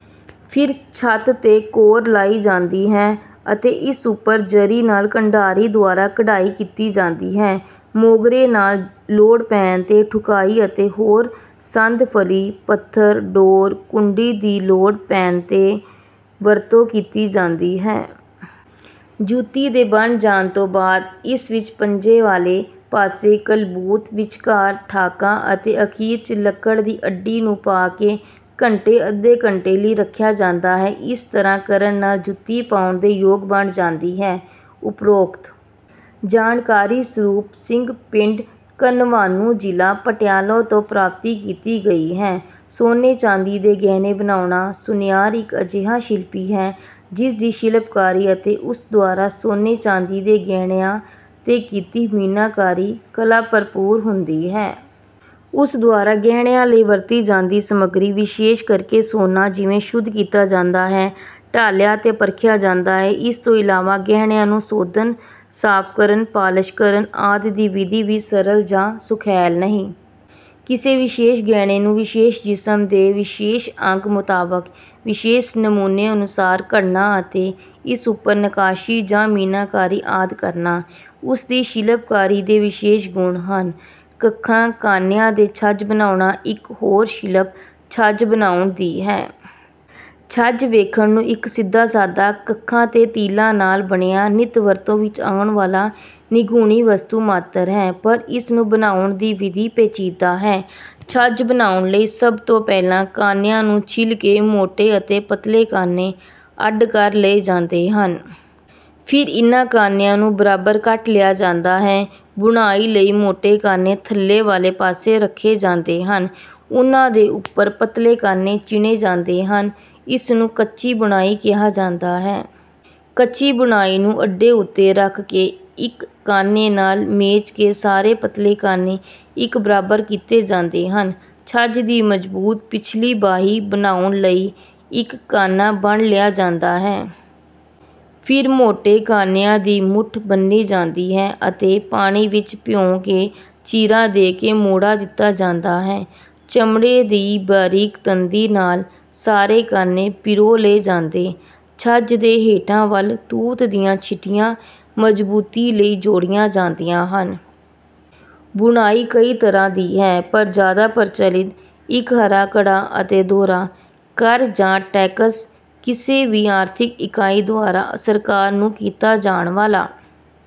ਫਿਰ ਛੱਤ ਤੇ ਕੋਰ ਲਾਈ ਜਾਂਦੀ ਹੈ ਅਤੇ ਇਸ ਉੱਪਰ ਜਰੀ ਨਾਲ 'ਕੰਢਾਰੀ' ਦੁਆਰਾ ਕਢਾਈ ਕੀਤੀ ਜਾਂਦੀ ਹੈ। ਮੋਗਰੇ ਨਾਲ ਲੋੜ ਪੈਣ ਤੇ ਠੁਕਾਈ ਅਤੇ ਹੋਰ ਸੰਦ ਫਲੀ, ਪੱਥਰ, ਡੋਰ, ਕੁੰਡੀ, ਦੀ ਲੋੜ ਪੈਣ ਤੇ ਵਰਤੋਂ ਕੀਤੀ ਜਾਦੀਂ ਹੈ। ਜੁੱਤੀ ਦੇ ਬਣ ਜਾਣ ਤੋਂ ਬਾਦ ਇਸ ਵਿੱਚ ਪੰਜੇ ਵਾਲੇ ਪਾਸੇ ਕਲਬੂਤ, ਵਿਚਕਾਰ ਠਾਕਾ ਅਤੇ ਅਖੀਰ ਚ ਲੱਕੜ ਦੀ ਅੱਡੀ ਨੂੰ ਪਾ ਕੇ ਘੰਟੇ ਅੱਧੇ ਘੰਟੇ ਲਈ ਰੱਖਿਆ ਜਾਂਦਾ ਹੈ। ਇਸ ਤਰ੍ਹਾਂ ਕਰਨ ਨਾਲ ਜੁੱਤੀ ਪਾਉਣ ਦੇ ਯੋਗ ਬਣ ਜਾਂਦੀ ਹੈ।"ਉੱਪਰੋਕਤ ਜਾਣਕਾਰੀ ਸਰੂਪ ਸਿੰਘ ਪਿੰਡ, ਕਨਵਾਨੂੰ ਜ਼ਿਲ੍ਹਾ ਪਟਿਆਲਾ ਤੋਂ ਪ੍ਰਾਪਤ ਕੀਤੀ ਗਈ ਹੈ:ਸੋਨੇ-ਚਾਂਦੀ ਦੇ ਗਹਿਣੇ ਬਣਾਉਣਾ: ਸੁਨਿਆਰ ਇੱਕ ਅਜਿਹਾ ਸ਼ਿਲਪੀ ਹੈ, ਜਿਸ ਦੀ ਸ਼ਿਲਪਕਾਰੀ ਅਤੇ ਉਸ ਦੁਆਰਾ ਸੋਨੇ-ਚਾਂਦੀ ਦੇ ਗਹਿਣਿਆਂ ਤੇ ਕੀਤੀ ਮੀਨਾਕਾਰੀ ਕਲਾ ਭਰਪੂਰ ਹੁੰਦੀ ਹੈ। ਉਸ ਦੁਆਰਾ "ਗਹਿਣਿਆਂ ਲਈ ਵਰਤੀ ਜਾਂਦੀ ਸਮੱਗਰੀ ਵਿਸ਼ੇਸ਼ ਕਰ ਕੇ ਸੋਨਾ ਜਿਵੇਂ ਸ਼ੁੱਧ ਕੀਤਾ ਜਾਂਦਾ ਹੈ, ਢਾਲਿਆ ਅਤੇ ਪਰਖਿਆ ਜਾਂਦਾ ਹੈ। ਇਸ ਤੋਂ ਇਲਾਵਾਂ ਗਹਿਣਿਆਂ ਨੂੰ ਸੋਧਣ, ਸਾਫ਼ ਕਰਨ, ਪਾਲਸ਼ ਕਰਨ ਆਦਿ ਦੀ ਵਿਧੀ ਵੀ ਸਰਲ ਜਾਂ ਸੁਖੈਲ ਨਹੀਂ। ਕਿਸੇ ਵਿਸ਼ੇਸ਼ ਗਹਿਣੇ ਨੂੰ ਵਿਸ਼ੇਸ਼ ਜਿਸਮ ਦੇ ਵਿਸ਼ੇਸ਼ ਅੰਗ ਮੁਤਾਬਕ ਵਿਸ਼ੇਸ਼ ਨਮੂਨੇ ਅਨੁਸਾਰ ਘੜਨਾ ਅਤੇ ਇਸ ਉੱਪਰ ਨੱਕਾਸ਼ੀ ਜਾਂ ਮੀਨਾਕਾਰੀ ਆਦਿ ਕਰਨਾ। ਉਸ ਦੀ ਸ਼ਿਲਪਕਾਰੀ ਦੇ ਵਿਸ਼ੇਸ਼ ਗੁਣ ਹਨ। ਕੱਖਾਂ-ਕਾਨਿਆਂ ਦੇ ਛੱਜ ਬਣਾਉਣਾ: ਇਕ ਹੋਰ ਸ਼ਿਲਪ ਛੱਜ ਬਣਾਉਣ ਦੀ ਹੈ। "ਛੱਜ ਵੇਖਣ ਨੂੰ ਇੱਕ ਸਿੱਧਾ ਸਾਧਾ ਕੱਖਾਂ ਤੇ ਤੀਲਾਂ ਨਾਲ ਬਣਿਆ ਨਿਤ ਵਰਤੋਂ ਵਿੱਚ ਆਉਣ ਵਾਲਾ ਨਿਗੂਣੀ ਵਸਤੂ ਮਾਤਰ ਹੈ, ਪਰ ਇਸਨੂੰ ਬਣਾਉਣ ਦੀ ਵਿਧੀ ਪੇਚੀਦਾ ਹੈ। ਛੱਜ ਬਣਾਉਣ ਲਈ ਸਭ ਤੋਂ ਪਹਿਲਾਂ ਕਾਨਿਆਂ ਨੂੰ ਛਿੱਲ ਕੇ ਮੋਟੇ ਅਤੇ ਪਤਲੇ ਕਾਨੇ ਅੱਡ ਕਰ ਲਏ ਜਾਂਦੇ ਹਨ। ਫਿਰ ਇਨ੍ਹਾਂ ਕਾਨਿਆਂ ਨੂੰ ਬਰਾਬਰ ਕੱਟ ਲਿਆ ਜਾਂਦਾ ਹੈ। ਬੁਣਾਈ ਲਈ ਮੋਟੇ ਕਾਨੇ ਥੱਲੇ ਵਾਲੇ ਪਾਸੇ ਰਖੇ ਜਾਂਦੇ ਹਨ। ਉਨ੍ਹਾਂ ਦੇ ਉੱਪਰ ਪਤਲੇ ਕਾਨੇ ਚਿਣੇ ਜਾਂਦੇ ਹਨ। ਇਸ ਨੂੰ 'ਕੱਚੀ ਬੁਣਾਈ' ਕਿਹਾ ਜਾਂਦਾ ਹੈ। ਕੱਚੀ ਬੁਣਾਈ ਨੂੰ ਅੱਡੇ ਉੱਤੇ ਰਖ ਕੇ ਇੱਕ ਕਾਨੇ ਨਾਲ ਮੇਚ ਕੇ ਸਾਰੇ ਪਤਲੇ ਕਾਨੇ ਇੱਕ ਬਰਾਬਰ ਕੀਤੇ ਜਾਂਦੇ ਹਨ। ਛੱਜ ਦੀ ਮਜ਼ਬੂਤ ਪਿਛਲੀ ਬਾਹੀ ਬਣਾਉਣ ਲਈ ਇੱਕ ਕਾਨਾ ਬੰਨ੍ਹ ਲਿਆ ਜਾਂਦਾ ਹੈ। ਫਿਰ ਮੋਟੇ ਕਾਨਿਆਂ ਦੀ ਮੁੱਠ ਬੱਨ੍ਹੀ ਜਾਂਦੀ ਹੈ ਅਤੇ ਪਾਣੀ ਵਿੱਚ ਭਿਉਂਕੇ ਚੀਰਾ ਦੇ ਕੇ ਮੋੜਾ ਦਿਤਾ ਜਾਂਦਾ ਹੈ। ਚਮੜੇ ਦੀ ਬਾਰੀਕ ਤੰਦੀ ਨਾਲ ਸਾਰੇ ਕਾਨੇ ਪਿਰੋ ਲਏ ਜਾਂਦੇ। ਛੱਜ ਦੇ ਹੇਠਾਂ ਵਲ ਤੂਤ ਦੀਆਂ ਛਿਟੀਆਂ ਮਜ਼ਬੂਤੀ ਲਈ ਜੋੜੀਆਂ ਜਾਂਦੀਆਂ ਹਨ। ਬੁਣਾਈ ਕਈ ਤਰ੍ਹਾਂ ਦੀ ਹੈ। ਪਰ ਜਿਆਦਾ ਪ੍ਰਚਲਿਤ 'ਇਕ ਹਰਾ-ਕੜਾ' ਅਤੇ 'ਦੁਹਰਾ। ਕਰ ਜਾਂ ਟੈਕਸ ਕਿਸੇ ਵੀ ਆਰਥਿਕ ਇਕਾਈ ਦੁਆਰਾ ਸਰਕਾਰ ਨੂੰ ਕੀਤਾ ਜਾਣ ਵਾਲਾ...